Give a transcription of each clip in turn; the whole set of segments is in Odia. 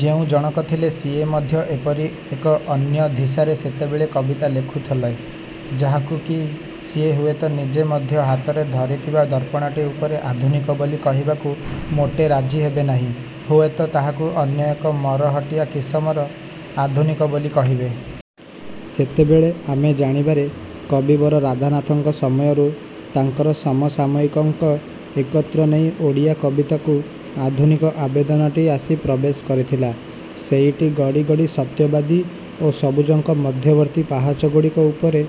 ଯେଉଁ ଜଣକ ଥିଲେ ସିଏ ମଧ୍ୟ ଏପରି ଏକ ଅନ୍ୟ ଧିସାରେ ସେତେବେଳେ କବିତା ଲେଖୁଥଲେ ଯାହାକୁ କି ସିଏ ହୁଏତ ନିଜେ ମଧ୍ୟ ହାତରେ ଧରିଥିବା ଦର୍ପଣଟି ଉପରେ ଆଧୁନିକ ବୋଲି କହିବାକୁ ମୋଟେ ରାଜି ହେବେ ନାହିଁ। ହୁଏତ ତାହାକୁ ଅନ୍ୟ ଏକ ମରହଟିଆ କିସମର ଆଧୁନିକ ବୋଲି କହିବେ। ସେତେବେଳେ ଆମେ ଜାଣିବାରେ କବିବର ରାଧାନାଥଙ୍କ ସମୟରୁ ତାଙ୍କର ସମସାମୟିକଙ୍କ ଏକତ୍ର ନେଇ ଓଡ଼ିଆ କବିତାକୁ ଆଧୁନିକ ଆବେଦନଟି ଆସି ପ୍ରବେଶ କରିଥିଲା। ସେଇଟି ଗଡ଼ି ଗଡ଼ି ସତ୍ୟବାଦୀ ଓ ସବୁଜଙ୍କ ମଧ୍ୟବର୍ତ୍ତୀ ପାହାଚଗୁଡ଼ିକ ଉପରେ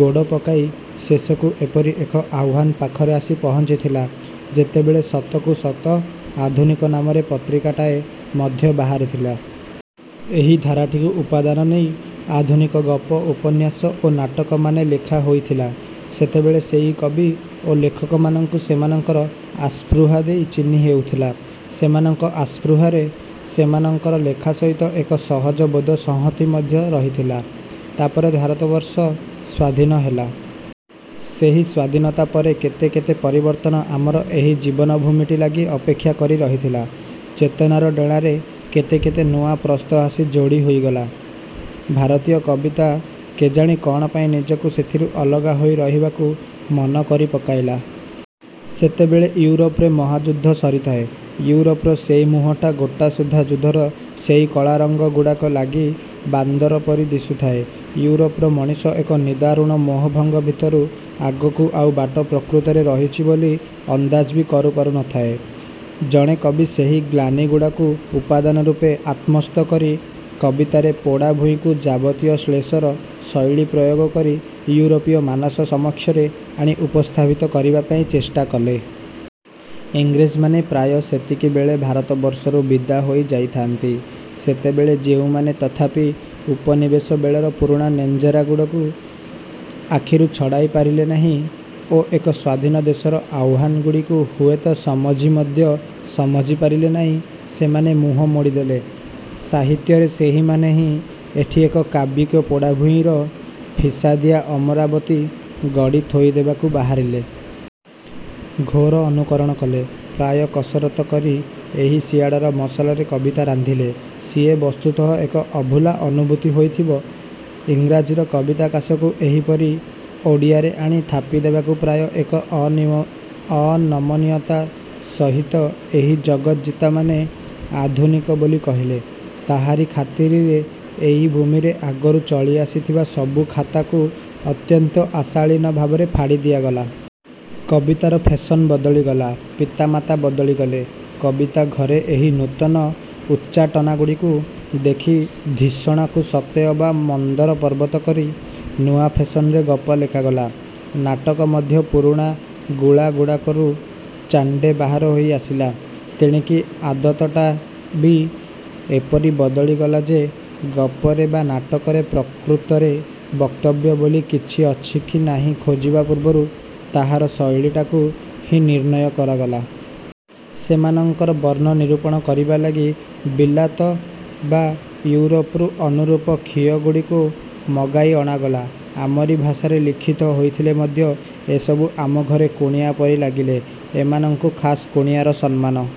ଗୋଡ଼ ପକାଇ ଶେଷକୁ ଏପରି ଏକ ଆହ୍ୱାନ ପାଖରେ ଆସି ପହଞ୍ଚିଥିଲା, ଯେତେବେଳେ ସତକୁ ସତ ଆଧୁନିକ ନାମରେ ପତ୍ରିକାଟାଏ ମଧ୍ୟ ବାହାରିଥିଲା। ଏହି ଧାରାଟିରୁ ଉପାଦାନ ନେଇ ଆଧୁନିକ ଗପ, ଉପନ୍ୟାସ ଓ ନାଟକମାନେ ଲେଖା ହୋଇଥିଲେ। ସେତେବେଳେ ସେହି କବି ଓ ଲେଖକମାନଙ୍କୁ ସେମାନଙ୍କର ଆସ୍ପୃହା ଦେଇ ଚିହ୍ନି ହେଉଥିଲା। ସେମାନଙ୍କ ଆସ୍ପୃହାରେ ସେମାନଙ୍କର ଲେଖା ସହିତ ଏକ ସହଜବୋଧ ସଂହତି ମଧ୍ୟ ରହିଥିଲା। ତାପରେ ଭାରତବର୍ଷ ସ୍ୱାଧୀନ ହେଲା। ସେହି ସ୍ୱାଧୀନତା ପରେ କେତେ କେତେ ପରିବର୍ତ୍ତନ ଆମର ଏହି ଜୀବନ ଭୂମିଟି ଲାଗି ଅପେକ୍ଷା କରି ରହିଥିଲା। ଚେତନାର ଡ଼େଣାରେ କେତେ କେତେ ନୂଆ ପ୍ରସ୍ଥ ଆସି ଯୋଡ଼ି ହୋଇଗଲା। ଭାରତୀୟ କବିତା କେଜାଣି କଣ ପାଇଁ ନିଜକୁ ସେଥିରୁ ଅଲଗା ହୋଇ ରହିବାକୁ ମନ କରି ପକାଇଲା। ସେତେବେଳେ ଇଉରୋପରେ ମହାଯୁଦ୍ଧ ସରିଥାଏ। ଇଉରୋପର ସେହି ମୁହଁଟା ଗୋଟାସୁଦ୍ଧା ଯୁଦ୍ଧର ସେହି କଳାରଙ୍ଗ ଗୁଡ଼ାକ ଲାଗି ବାନ୍ଦର ପରି ଦିଶୁଥାଏ। ଇଉରୋପର ମଣିଷ ଏକ ନିଦାରୁଣ ମୋହଭଙ୍ଗ ଭିତରୁ ଆଗକୁ ଆଉ ବାଟ ପ୍ରକୃତରେ ରହିଛି ବୋଲି ଅନ୍ଦାଜ ବି କରିପାରୁନଥାଏ। ଜଣେ କବି ସେହି ଗ୍ଲାନି ଗୁଡ଼ାକୁ ଉପାଦାନ ରୂପେ ଆତ୍ମସ୍ଥ କରି କବିତାରେ ପୋଡ଼ା ଭୂଇଁକୁ ଯାବତୀୟ ଶ୍ଳେଷର ଶୈଳୀ ପ୍ରୟୋଗ କରି ଇଉରୋପୀୟ ମାନସ ସମକ୍ଷରେ ଆଣି ଉପସ୍ଥାପିତ କରିବା ପାଇଁ ଚେଷ୍ଟା କଲେ। ଇଂରେଜମାନେ ପ୍ରାୟ ସେତିକିବେଳେ ଭାରତବର୍ଷରୁ ବିଦା ହୋଇ ଯାଇଥାନ୍ତି। ସେତେବେଳେ ଯେଉଁମାନେ ତଥାପି ଉପନିବେଶ ବେଳର ପୁରୁଣା ନେଞ୍ଜରାଗୁଡ଼ାକୁ ଆଖିରୁ ଛଡ଼ାଇ ପାରିଲେ ନାହିଁ ଓ ଏକ ସ୍ଵାଧୀନ ଦେଶର ଆହ୍ୱାନଗୁଡ଼ିକୁ ହୁଏତ ସମଝି ମଧ୍ୟ ସମଝି ପାରିଲେ ନାହିଁ, ସେମାନେ ମୁହଁ ମୋଡ଼ିଦେଲେ। ସାହିତ୍ୟରେ ସେହିମାନେ ହିଁ ଏଠି ଏକ କାବ୍ୟିକ ପୋଡ଼ାଭୂଇଁର ଫିସାଦିଆ ଅମରାବତୀ ଗଢ଼ି ଥୋଇଦେବାକୁ ବାହାରିଲେ। ଘୋର ଅନୁକରଣ କଲେ, ପ୍ରାୟ କସରତ କରି ଏହି ସିଆଡ଼ର ମସଲାରେ କବିତା ରାନ୍ଧିଲେ। ସିଏ ବସ୍ତୁତଃ ଏକ ଅଭୁଲା ଅନୁଭୂତି ହୋଇଥିବ। ଇଂରାଜୀର କବିତାକାଶକୁ ଏହିପରି ଓଡ଼ିଆରେ ଆଣି ଥାପିଦେବାକୁ ପ୍ରାୟ ଏକ ଅନିୟ ଅନମନୀୟତା ସହିତ ଏହି ଜଗତଜିତାମାନେ ଆଧୁନିକ ବୋଲି କହିଲେ। ତାହାରି ଖାତିରିରେ ଏହି ଭୂମିରେ ଆଗରୁ ଚଳି ଆସିଥିବା ସବୁ ଖାତାକୁ ଅତ୍ୟନ୍ତ ଅଶାଳୀନ ଭାବରେ ଫାଡ଼ି ଦିଆଗଲା। କବିତାର ଫେଶନ ବଦଳିଗଲା, ପିତାମାତା ବଦଳିଗଲେ। କବିତା ଘରେ ଏହି ନୂତନ ଉଚ୍ଚାଟନାଗୁଡ଼ିକୁ ଦେଖି ଧୀଷଣାକୁ ସତେଅବା ମନ୍ଦରପର୍ବତ କରି ନୂଆ ଫେସନରେ ଗପ ଲେଖାଗଲା। ନାଟକ ମଧ୍ୟ ପୁରୁଣା ଗୁଳାଗୁଡ଼ାକରୁ ଚାଣ୍ଡେ ବାହାର ହୋଇ ଆସିଲା। ତେଣିକି ଆଦତଟା ବି ଏପରି ବଦଳିଗଲା ଯେ ଗପରେ ବା ନାଟକରେ ପ୍ରକୃତରେ ବକ୍ତବ୍ୟ ବୋଲି କିଛି ଅଛି କି ନାହିଁ ଖୋଜିବା ପୂର୍ବରୁ ତାହାର ଶୈଳୀଟାକୁ ହିଁ ନିର୍ଣ୍ଣୟ କରାଗଲା। ସେମାନଙ୍କର ବର୍ଣ୍ଣ ନିରୂପଣ କରିବା ଲାଗି ବିଲାତ ବା ଇଉରୋପରୁ ଅନୁରୂପ ଖିଅଗୁଡ଼ିକୁ ମଗାଇ ଅଣାଗଲା। ଆମରି ଭାଷାରେ ଲିଖିତ ହୋଇଥିଲେ ମଧ୍ୟ ଏସବୁ ଆମ ଘରେ କୁଣିଆ ପରି ଲାଗିଲେ। ଏମାନଙ୍କୁ ଖାସ୍ କୁଣିଆର ସମ୍ମାନ